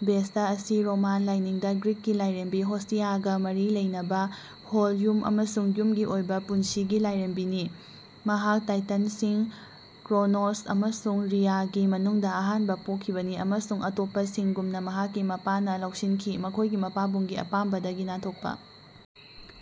Vesta ꯑꯁꯤ Roman ꯂꯥꯏꯅꯤꯡꯗ (ꯒ꯭ꯔꯤꯛꯀꯤ ꯂꯥꯏꯔꯦꯝꯕꯤ ꯍꯦꯁꯇꯤꯌꯥꯒ ꯃꯔꯤ ꯂꯩꯅꯕ) ꯍꯣꯜ, ꯌꯨꯝ ꯑꯃꯁꯨꯡ ꯌꯨꯝꯒꯤ ꯑꯣꯏꯕ ꯄꯨꯟꯁꯤꯒꯤ ꯂꯥꯏꯔꯦꯝꯕꯤꯅꯤ꯫ ꯃꯍꯥꯛ ꯇꯥꯏꯇꯟꯁꯤꯡ ꯀ꯭ꯔꯣꯅꯣꯁ ꯑꯃꯁꯨꯡ ꯔꯤꯌꯥꯒꯤ ꯃꯅꯨꯡꯗ ꯑꯍꯥꯟꯕ ꯄꯣꯛꯈꯤꯕꯅꯤ ꯑꯃꯁꯨꯡ ꯑꯇꯣꯞꯄꯁꯤꯡꯒꯨꯝꯅ ꯃꯍꯥꯛꯀꯤ ꯃꯄꯥꯅ ꯂꯧꯁꯤꯟꯈꯤ꯫ ꯃꯈꯣꯏꯒꯤ ꯃꯄꯥꯕꯨꯡꯒꯤ ꯑꯄꯥꯝꯕꯗꯒꯤ ꯅꯥꯟꯊꯣꯛꯄ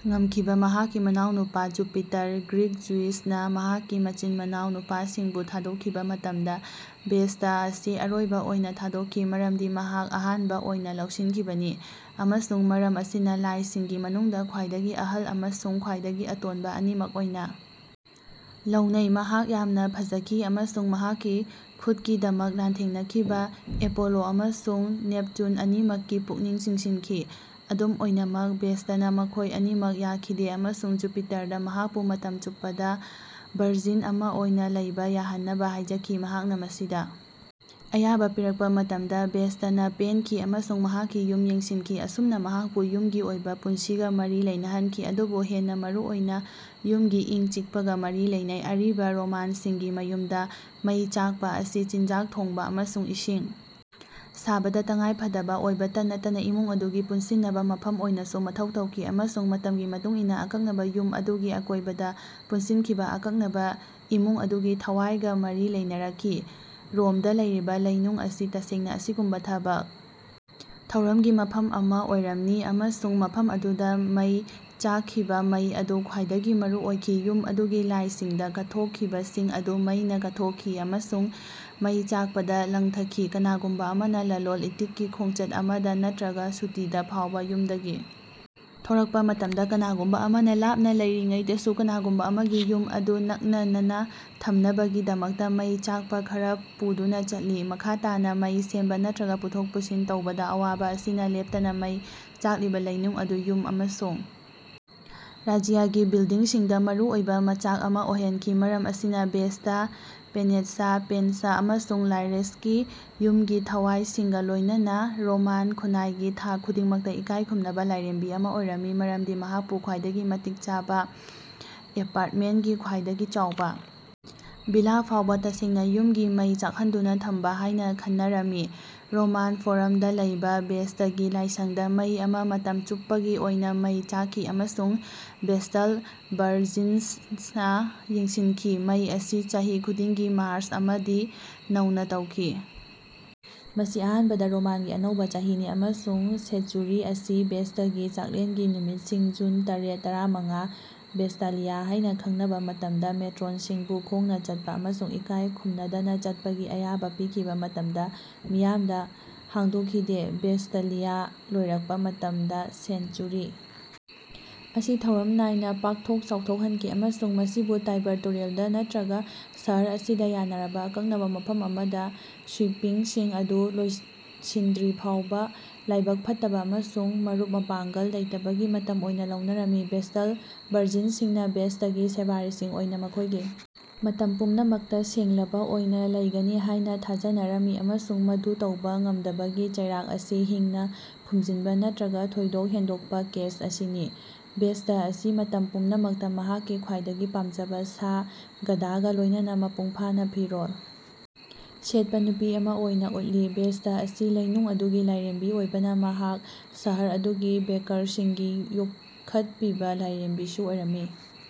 ꯉꯝꯈꯤꯕ ꯃꯍꯥꯛꯀꯤ ꯃꯅꯥꯎꯅꯨꯄꯥ ꯖꯨꯄꯤꯇꯔ (ꯒ꯭ꯔꯤꯛ ꯖꯤꯎꯁ)ꯅ ꯃꯍꯥꯛꯀꯤ ꯃꯆꯤꯟ-ꯃꯅꯥꯎ ꯅꯨꯄꯥꯁꯤꯡꯕꯨ ꯊꯥꯗꯣꯛꯈꯤꯕ ꯃꯇꯝꯗ, ꯚꯦꯁꯇꯥ ꯑꯁꯤ ꯑꯔꯣꯏꯕ ꯑꯣꯏꯅ ꯊꯥꯗꯣꯛꯈꯤ (ꯃꯔꯝꯗꯤ ꯃꯍꯥꯛ ꯑꯍꯥꯟꯕ ꯑꯣꯏꯅ ꯂꯧꯁꯤꯟꯈꯤꯕꯅꯤ) ꯑꯃꯁꯨꯡ ꯃꯔꯝ ꯑꯁꯤꯅ ꯂꯥꯏꯁꯤꯡꯒꯤ ꯃꯅꯨꯡꯗ ꯈ꯭ꯋꯥꯏꯗꯒꯤ ꯑꯍꯜ ꯑꯃꯁꯨꯡ ꯈ꯭ꯋꯥꯏꯗꯒꯤ ꯑꯇꯣꯟꯕ ꯑꯅꯤꯃꯛ ꯑꯣꯏꯅ ꯂꯧꯅꯩ꯫ ꯃꯍꯥꯛ ꯌꯥꯝꯅ ꯐꯖꯈꯤ ꯑꯃꯁꯨꯡ ꯃꯍꯥꯛꯀꯤ ꯈꯨꯠꯀꯤꯗꯃꯛ ꯂꯥꯟꯊꯦꯡꯅꯈꯤꯕ ꯑꯦꯄꯣꯂꯣ ꯑꯃꯁꯨꯡ ꯅꯦꯞꯇꯨꯟ ꯑꯅꯤꯃꯛꯀꯤ ꯄꯨꯛꯅꯤꯡ ꯆꯤꯡꯁꯤꯟꯈꯤ꯫ ꯑꯗꯨꯝ ꯑꯣꯏꯅꯃꯛ, ꯚꯦꯁꯇꯥꯅ ꯃꯈꯣꯏ ꯑꯅꯤꯃꯛ ꯌꯥꯈꯤꯗꯦ, ꯑꯃꯁꯨꯡ ꯖꯨꯄꯤꯇꯔꯗ ꯃꯍꯥꯛꯄꯨ ꯃꯇꯝ ꯆꯨꯞꯄꯗ ꯚꯔꯖꯤꯟ ꯑꯃ ꯑꯣꯏꯅ ꯂꯩꯕ ꯌꯥꯍꯟꯅꯕ ꯍꯥꯏꯖꯈꯤ꯫ ꯃꯍꯥꯛꯅ ꯃꯁꯤꯗ ꯑꯌꯥꯕ ꯄꯤꯔꯛꯄ ꯃꯇꯝꯗ, ꯚꯦꯁꯇꯥꯅ ꯄꯦꯟꯈꯤ ꯑꯃꯁꯨꯡ ꯃꯍꯥꯛꯀꯤ ꯌꯨꯝ ꯌꯦꯡꯁꯤꯟꯈꯤ꯫ ꯑꯁꯨꯝꯅ ꯃꯍꯥꯛꯄꯨ ꯌꯨꯝꯒꯤ ꯑꯣꯏꯕ ꯄꯨꯟꯁꯤꯒ ꯃꯔꯤ ꯂꯩꯅꯍꯟꯈꯤ ꯑꯗꯨꯕꯨ ꯍꯦꯟꯅ ꯃꯔꯨꯑꯣꯏꯅ, ꯌꯨꯝꯒꯤ ꯏꯪ-ꯆꯤꯛꯄꯒ ꯃꯔꯤ ꯂꯩꯅꯩ꯫ ꯑꯔꯤꯕ ꯔꯣꯃꯥꯟꯁꯤꯡꯒꯤ ꯃꯌꯨꯝꯗ ꯃꯩ ꯆꯥꯛꯄ ꯑꯁꯤ ꯆꯤꯟꯖꯥꯛ ꯊꯣꯡꯕ ꯑꯃꯁꯨꯡ ꯏꯁꯤꯡ ꯁꯥꯕꯗ ꯇꯉꯥꯏꯐꯗꯕ ꯑꯣꯏꯕꯇ ꯅꯠꯇꯅ ꯏꯃꯨꯡ ꯑꯗꯨꯒꯤ ꯄꯨꯟꯁꯤꯟꯅꯕ ꯃꯐꯝ ꯑꯣꯏꯅꯁꯨ ꯃꯊꯧ ꯇꯧꯈꯤ ꯑꯃꯁꯨꯡ ꯃꯇꯝꯒꯤ ꯃꯇꯨꯡ ꯏꯟꯅ ꯑꯀꯛꯅꯕ ꯌꯨꯝ ꯑꯗꯨꯒꯤ ꯑꯀꯣꯏꯕꯗ ꯄꯨꯟꯁꯤꯟꯈꯤꯕ ꯑꯀꯛꯅꯕ ꯏꯃꯨꯡ ꯑꯗꯨꯒꯤ ꯊꯋꯥꯏꯒ ꯃꯔꯤ ꯂꯩꯅꯔꯛꯈꯤ꯫ ꯔꯣꯝꯗ ꯂꯩꯔꯤꯕ ꯂꯩꯅꯨꯡ ꯑꯁꯤ ꯇꯁꯦꯡꯅ ꯑꯁꯤꯒꯨꯝꯕ ꯊꯕꯛ ꯊꯧꯔꯝꯒꯤ ꯃꯐꯝ ꯑꯃ ꯑꯣꯏꯔꯝꯃꯤ ꯑꯃꯁꯨꯡ ꯃꯐꯝ ꯑꯗꯨꯗ ꯃꯩ ꯆꯥꯛꯈꯤꯕ ꯃꯩ ꯑꯗꯨ ꯈ꯭ꯋꯥꯏꯗꯒꯤ ꯃꯔꯨꯑꯣꯏꯈꯤ꯫ ꯌꯨꯝ ꯑꯗꯨꯒꯤ ꯂꯥꯏꯁꯤꯡꯗ ꯀꯠꯊꯣꯛꯈꯤꯕꯁꯤꯡ ꯑꯗꯨ ꯃꯩꯅ ꯀꯠꯊꯣꯛꯈꯤ ꯑꯃꯁꯨꯡ ꯃꯩ ꯆꯥꯛꯄꯗ ꯂꯪꯊꯈꯤ꯫ ꯀꯅꯥꯒꯨꯝꯕ ꯑꯃꯅ ꯂꯂꯣꯟ-ꯏꯇꯤꯛꯀꯤ ꯈꯣꯡꯆꯠ ꯑꯃꯗ, ꯅꯠꯇ꯭ꯔꯒ ꯁꯨꯇꯤꯗ ꯐꯥꯎꯕ ꯌꯨꯝꯗꯒꯤ ꯊꯣꯔꯛꯄ ꯃꯇꯝꯗ, ꯀꯅꯥꯒꯨꯝꯕ ꯑꯃꯅ ꯂꯥꯞꯅ ꯂꯩꯔꯤꯉꯩꯗꯁꯨ ꯀꯅꯥꯒꯨꯝꯕ ꯑꯃꯒꯤ ꯌꯨꯝ ꯑꯗꯨ ꯅꯛꯅꯅ ꯊꯝꯅꯕꯒꯤꯗꯃꯛꯇ ꯃꯩ ꯆꯥꯛꯄ ꯈꯔ ꯄꯨꯗꯨꯅ ꯆꯠꯂꯤ꯫ ꯃꯈꯥ ꯇꯥꯅ, ꯃꯩ ꯁꯦꯝꯕ ꯅꯠꯇ꯭ꯔꯒ ꯄꯨꯊꯣꯛ-ꯄꯨꯁꯤꯟ ꯇꯧꯕꯗ ꯑꯋꯥꯕ ꯑꯁꯤꯅ ꯂꯦꯞꯇꯅ ꯃꯩ ꯆꯥꯛꯂꯤꯕ ꯂꯩꯅꯨꯡ ꯑꯗꯨ ꯌꯨꯝ ꯑꯃꯁꯨꯡ ꯔꯥꯖ꯭ꯌꯒꯤ ꯕꯤꯜꯗꯤꯡꯁꯤꯡꯗ ꯃꯔꯨꯑꯣꯏꯕ ꯃꯆꯥꯛ ꯑꯃ ꯑꯣꯏꯍꯟꯈꯤ꯫ ꯃꯔꯝ ꯑꯁꯤꯅ ꯚꯦꯁꯇꯥ, ꯄꯦꯅꯦꯠꯁ, ꯄꯦꯟꯁ ꯑꯃꯁꯨꯡ ꯂꯥꯔꯦꯁꯀꯤ ꯌꯨꯝꯒꯤ ꯊꯋꯥꯏꯁꯤꯡꯒ ꯂꯣꯏꯅꯅ ꯔꯣꯃꯥꯟ ꯈꯨꯟꯅꯥꯏꯒꯤ ꯊꯥꯛ ꯈꯨꯗꯤꯡꯃꯛꯇ ꯏꯀꯥꯏ ꯈꯨꯝꯅꯕ ꯂꯥꯏꯔꯦꯝꯕꯤ ꯑꯃ ꯑꯣꯏꯔꯝꯃꯤ ꯃꯔꯝꯗꯤ ꯃꯍꯥꯛꯄꯨ ꯈ꯭ꯋꯥꯏꯗꯒꯤ ꯃꯇꯤꯛ ꯆꯥꯕ ꯑꯦꯄꯥ꯭ꯔꯠꯃꯦꯟꯒꯤ ꯈ꯭ꯋꯥꯏꯗꯒꯤ ꯆꯥꯎꯕ ꯚꯤꯂꯥ ꯐꯥꯎꯕ ꯇꯁꯦꯡꯅ "ꯌꯨꯝꯒꯤ ꯃꯩ ꯆꯥꯛꯍꯟꯗꯨꯅ ꯊꯝꯕ"ꯍꯥꯏꯅ ꯈꯟꯅꯔꯝꯃꯤ꯫ ꯔꯣꯃꯥꯟ ꯐꯣꯔꯝꯗ ꯂꯩꯕ ꯚꯦꯁꯇꯥꯒꯤ ꯂꯥꯏꯁꯪꯗ ꯃꯩ ꯑꯃ ꯃꯇꯝ ꯆꯨꯞꯄꯒꯤ ꯑꯣꯏꯅ ꯃꯩ ꯆꯥꯛꯈꯤ ꯑꯃꯁꯨꯡ ꯚꯦꯁꯇꯜ ꯚꯔꯖꯤꯟꯁ ꯅ ꯌꯦꯡꯁꯤꯟꯈꯤ꯫ ꯃꯩ ꯑꯁꯤ ꯆꯍꯤ ꯈꯨꯗꯤꯡꯒꯤ ꯃꯥꯔꯁ ꯑꯃꯗꯤ ꯅꯧꯅ ꯇꯧꯈꯤ (ꯃꯁꯤ ꯑꯍꯥꯟꯕꯗ ꯔꯣꯃꯥꯟꯒꯤ ꯑꯅꯧꯕ ꯆꯍꯤꯅꯤ) ꯑꯃꯁꯨꯡ ꯁꯦꯠꯆꯨꯔꯤ ꯑꯁꯤ ꯚꯦꯁꯇꯥꯒꯤ ꯆꯥꯛꯂꯦꯟꯒꯤ ꯅꯨꯃꯤꯠꯁꯤꯡ (ꯖꯨꯟ ꯇꯔꯦꯠ-ꯇꯔꯥꯃꯉꯥ, ꯚꯦꯁꯇꯥꯂꯤꯌꯥ ꯍꯥꯏꯅ ꯈꯪꯅꯕ) ꯃꯇꯝꯗ ꯃꯦꯇ꯭ꯔꯣꯟꯁꯤꯡꯕꯨ ꯈꯣꯡꯅ ꯆꯠꯄ ꯑꯃꯁꯨꯡ ꯏꯀꯥꯏ ꯈꯨꯝꯅꯗꯅ ꯆꯠꯄꯒꯤ ꯑꯌꯥꯕ ꯄꯤꯈꯤꯕ ꯃꯇꯝꯗ ꯃꯤꯌꯥꯝꯗ ꯍꯥꯡꯗꯣꯛꯈꯤꯗꯦ꯫ ꯚꯦꯁꯇꯥꯂꯤꯌꯥ ꯂꯣꯏꯔꯛꯄ ꯃꯇꯝꯗ ꯁꯦꯟꯆꯨꯔꯤ ꯑꯁꯤ ꯊꯧꯔꯝ ꯅꯥꯏꯅ ꯄꯥꯛꯊꯣꯛ ꯆꯥꯎꯊꯣꯛꯍꯟꯈꯤ ꯑꯃꯁꯨꯡ ꯃꯁꯤꯕꯨ ꯇꯥꯏꯕꯔ ꯇꯨꯔꯦꯜꯗ ꯅꯠꯇ꯭ꯔꯒ ꯁꯍꯔ ꯑꯁꯤꯗ ꯌꯥꯅꯔꯕ ꯑꯀꯛꯅꯕ ꯃꯐꯝ ꯑꯃꯗ ꯁ꯭ꯋꯤꯄꯤꯡꯁꯤꯡ ꯑꯗꯨ ꯂꯣꯏꯁꯤꯟꯗ꯭ꯔꯤꯐꯥꯎꯕ ꯂꯥꯏꯕꯛ ꯐꯠꯇꯕ ꯑꯃꯁꯨꯡ ꯃꯔꯨꯞ-ꯃꯄꯥꯡꯒꯜ ꯂꯩꯇꯕꯒꯤ ꯃꯇꯝ ꯑꯣꯏꯅ ꯂꯧꯅꯔꯝꯃꯤ꯫ ꯚꯦꯁꯇꯜ ꯚꯔꯖꯤꯟꯁꯤꯡꯅ ꯚꯦꯁꯇꯥꯒꯤ ꯁꯦꯕꯥꯔꯤꯁꯤꯡ ꯑꯣꯏꯅ ꯃꯈꯣꯏꯒꯤ ꯃꯇꯝ ꯄꯨꯝꯅꯃꯛꯇ ꯁꯦꯡꯂꯕ ꯑꯣꯏꯅ ꯂꯩꯒꯅꯤ ꯍꯥꯏꯅ ꯊꯥꯖꯅꯔꯝꯃꯤ ꯑꯃꯁꯨꯡ ꯃꯗꯨ ꯇꯧꯕ ꯉꯝꯗꯕꯒꯤ ꯆꯩꯔꯥꯛ ꯑꯁꯤ ꯍꯤꯡꯅ ꯐꯨꯝꯖꯤꯟꯕ ꯅꯠꯇ꯭ꯔꯒ ꯊꯣꯏꯗꯣꯛ ꯍꯦꯟꯗꯣꯛꯄ ꯀꯦꯁ ꯑꯁꯤꯅꯤ꯫ ꯚꯦꯁꯇꯥ ꯑꯁꯤ ꯃꯇꯝ ꯄꯨꯝꯅꯃꯛꯇ ꯃꯍꯥꯛꯀꯤ ꯈ꯭ꯋꯥꯏꯗꯒꯤ ꯄꯥꯝꯖꯕ ꯁꯥ, ꯒꯙꯥꯒ ꯂꯣꯏꯅꯅ ꯃꯄꯨꯡ ꯐꯥꯅ ꯐꯤꯔꯣꯜ ꯁꯦꯠꯄ ꯅꯨꯄꯤ ꯑꯃ ꯑꯣꯏꯅ ꯎꯠꯂꯤ꯫ ꯚꯦꯁꯇꯥ ꯑꯁꯤ ꯂꯩꯅꯨꯡ ꯑꯗꯨꯒꯤ ꯂꯥꯏꯔꯦꯝꯕꯤ ꯑꯣꯏꯕꯅ ꯃꯍꯥꯛ ꯁꯍꯔ ꯑꯗꯨꯒꯤ ꯕꯦꯀꯔꯁꯤꯡꯒꯤ ꯌꯣꯛꯈꯠꯄꯤꯕ ꯂꯥꯏꯔꯦꯝꯕꯤꯁꯨ ꯑꯣꯏꯔꯝꯃꯤ꯫